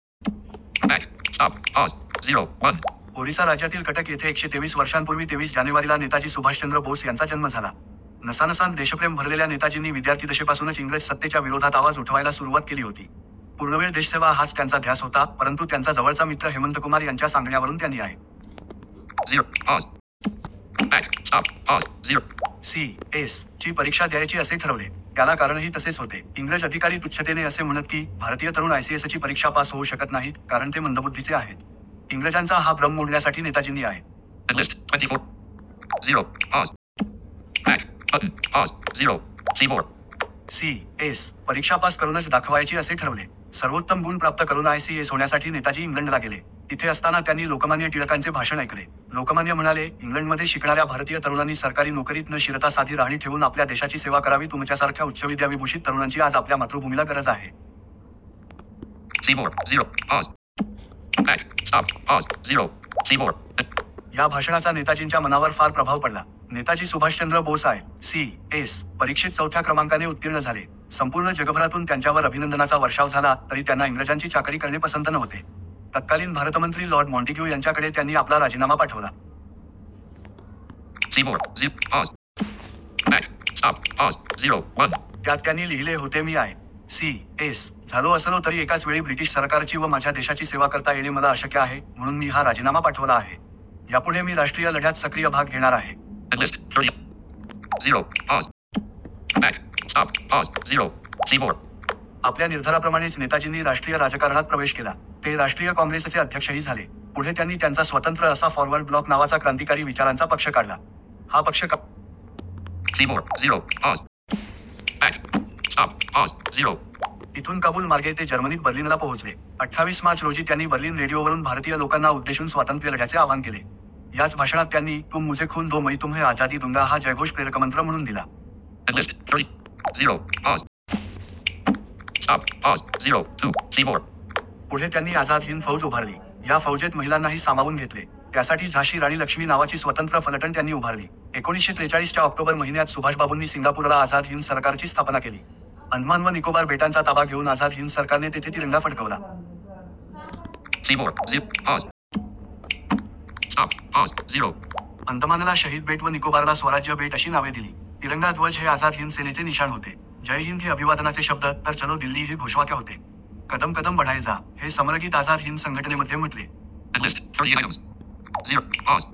ओरिसा राज्यातील कटक येथे एकशे तेवीस वर्षांपूर्वी तेवीस जानेवारीला नेताजी सुभाषचंद्र बोस यांचा जन्म झाला. नसानसांत देशप्रेम भरलेल्या नेताजींनी विद्यार्थिदशेपासूनच इंग्रज सत्तेच्या विरोधात आवाज उठवायला सुरुवात केली होती. पूर्णवेळ देशसेवा हाच त्यांचा ध्यास होता, परंतु त्यांचा जवळचा मित्र हेमंतकुमार यांच्या सांगण्यावरून त्यांनी आय. सी. एस. ची परीक्षा द्यायची असे ठरवले. त्याला कारणही तसेच होते. इंग्रज अधिकारी तुच्छतेने असे म्हणत की, भारतीय तरुण आयसीएसची परीक्षा पास होऊ शकत नाहीत, कारण ते मंदबुद्धीचे आहेत. इंग्रजांचा हा भ्रम मोडण्यासाठी नेताजींनी आय. सी. एस. परीक्षा पास करूनच दाखवायची असे ठरवले. सर्वोत्तम गुण प्राप्त करून आयसीएस होण्यासाठी नेताजी इंग्लंडला गेले. तिथे असताना त्यांनी लोकमान्य टिळकांचे भाषण ऐकले. लोकमान्य म्हणाले, इंग्लंडमध्ये शिकणाऱ्या भारतीय तरुणांनी सरकारी नोकरीत न शिरता साधी राहणी ठेवून आपल्या देशाची सेवा करावी तुमच्यासारख्या उच्चविद्याविभूषित तरुणांची आज आपल्या मातृभूमीला गरज आहे. या भाषणाचा नेताजींच्या मनावर फार प्रभाव पडला. Netaji Subhashchandra Bose I. C. S. परीक्षेत चौथ्या क्रमांकाने उत्तीर्ण झाले. संपूर्ण जगभरातून त्यांच्यावर अभिनंदनाचा वर्षाव झाला, तरी त्यांना इंग्रजांची चाकरी करणे पसंत नव्हते. तत्कालीन भारतमंत्री लॉर्ड माँटिग्यू यांच्याकडे त्यांनी आपला राजीनामा पाठवला. त्यात त्यांनी लिहिले होते मी आय. सी. एस. झालो असलो तरी एकाच वेळी ब्रिटिश सरकारची व माझ्या देशाची सेवा करता येणे मला अशक्य आहे, म्हणून मी हा राजीनामा पाठवला आहे. यापुढे मी राष्ट्रीय लढ्यात सक्रिय भाग घेणार आहे. आपल्या निर्धाराप्रमाणेच नेताजींनी राष्ट्रीय राजकारणात प्रवेश केला. ते राष्ट्रीय काँग्रेसचे अध्यक्षही झाले. पुढे त्यांनी त्यांचा स्वतंत्र असा फॉरवर्ड ब्लॉक नावाचा क्रांतिकारी विचारांचा पक्ष काढला. हा पक्ष काढल्यानंतर ते इंग्रजांच्या नजरकैदेत होते. आजारपणाचे सोंग घेऊन पठाणी वेष घालून, जियाउद्दीन पठाण असे नाव धारण करून ते नजरकैदेतून सटकले, ते सरळ पेशावरला गेले. तिथून काबूल मार्गे ते जर्मनीत बर्लिनला पोहोचले. अठ्ठावीस मार्च रोजी त्यांनी बर्लिन रेडिओवरून भारतीय लोकांना उद्देशून स्वातंत्र्यलढ्याचे आव्हान केले. याच भाषणात त्यांनी, तुम मुझे खून दो मैं तुम्हें आजादी दूंगा हा जयघोष प्रेरकमंत्र म्हणून दिला. पुढे त्यांनी आझाद हिंद फौज उभारली. या फौजेत महिलांनाही सामावून घेतले. त्यासाठी झाशी राणी लक्ष्मी नावाची स्वतंत्र फलटण त्यांनी उभारली. एकोणीसशे त्रेचाळीस च्या ऑक्टोबर महिन्यात सुभाषबाबूंनी सिंगापूरला आझाद हिंद सरकारची स्थापना केली. अंदमान व निकोबार बेटांचा ताबा घेऊन आझाद हिंद सरकारने तेथे तिरंगा फडकवला. अंदमानला शहीद बेट व निकोबारला स्वराज्य बेट अशी नावे दिली. तिरंगा ध्वज हे आझाद हिंद सेनेचे निशाण होते. जय हिंद हे अभिवादनाचे शब्द, तर चलो दिल्ली हे घोषवाक्य होते. कदम कदम बढाये जा. हे समरगीत आझाद हिंद संघटनेमध्ये म्हटले